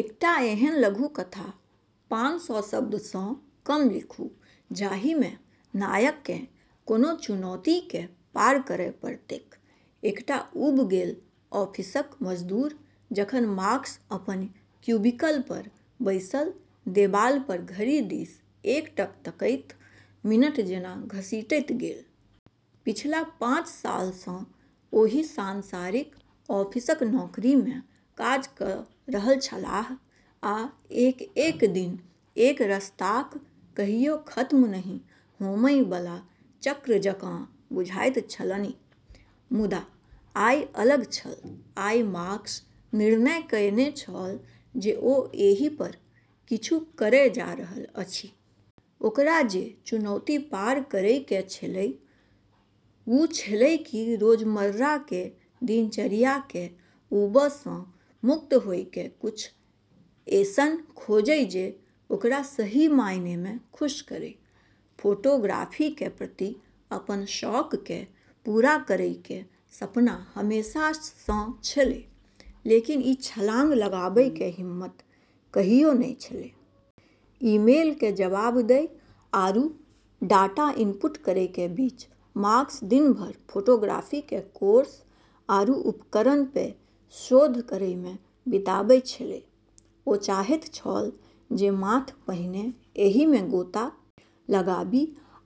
एकटा एहन लघुकथा पानसौ शब्द सँ कम लिखू जाहि मे नायक केँ कोनो चुनौती केँ पार करय पड़तैक, एकटा ऊब गेल ऑफिसक मजदूर जखन मार्कस अपन क्यूबिकल पर बैसल, देबाल पर घड़ी दिस एकटक तकैत, मिनट जेना घसीटैत गेल। पिछला पाँच साल सॅं ओही सांसारिक ऑफिसक नौकरी मे काज क रहल छलाह आ एक-एक दिन एकरसताक कहियो खत्म नहि होमय बला चक्र जकाँ बुझाइत छलनि। मुदा आइ अलग छल, आइ मार्कस निर्णय कएने छल जे ओ एहि पर किछु करय जा रहल अछि। ओकरा जे चुनौती पार करै के छेलै, वू छेलै कि रोजमर्रा के दिनचर्या के ऊब सें मुक्त होय के कुछ ऐसनऽ खोजै जे ओकरा सही मायने में खुश करै। फोटोग्राफी के प्रति अपनऽ शौक के पूरा करै के सपना हमेशा स॑ छेलै, लेकिन ई छलांग लगाबै के हिम्मत कहियो नै छेलै। ईमेल के जवाब दै आरू डाटा इनपुट करै के बीच मार्कस दिन भर फोटोग्राफी के कोर्स आरू उपकरणऽ पे शोध करै मे बिताबै छेलै। ओ चाहैत छल जे माथ पहिने एहि मे गोता लगाबी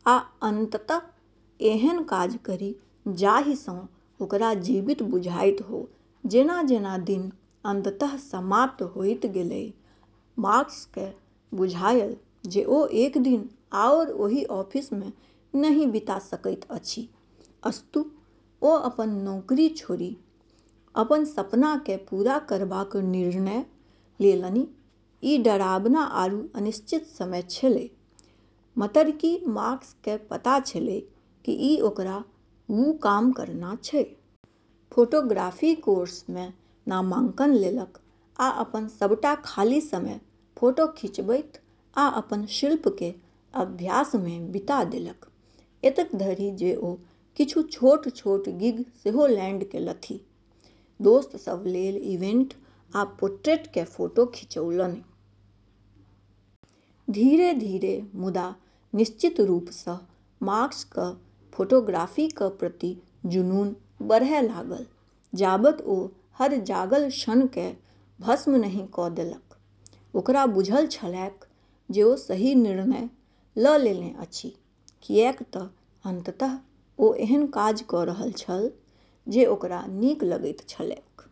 आ अंतत एहन काज करी जाहि सँ ओकरा जीवित बुझाइत हो जेना-जेना दिन अंततः समाप्त होइत गेलै, मार्कस के बुझायल जे ओ एक दिन आओर ओहि ऑफिस मे नहि बिता सकैत अछि, अस्तु ओ अपन नौकरी छोड़ि अपन सपना के पूरा करबाक निर्णय लेलनि, ई डरावना आरू अनिश्चित समय छेलै, मतरकि मार्कस के पता छेलै कि ई ओकरा वू काम करना छै। फोटोग्राफी कोर्स में नामांकन लेलक आ अपन सबटा खाली समय फोटो खिंचबैत आ अपन शिल्प के अभ्यास में बिता देलक, एतेक धरि जे ओ किछु छोट-छोट गिग सेहो लैंड केलथि, दोस्त सब लेल इवेंट आ पोट्रेट के फोटो खिंचौलनि। धीरे-धीरे मुदा निश्चित रूप स मार्कस क फोटोग्राफी क प्रति जुनून बढ़य लागल, जाबत ओ हर जागल क्षण कए भस्म नहि क देलक। ओकरा बुझल छलैक जे ओ सही निर्णय ल लेने अछि, किएक त अंततः ओ एहन काज क रहल छल जे ओकरा नीक लगैत छलैक।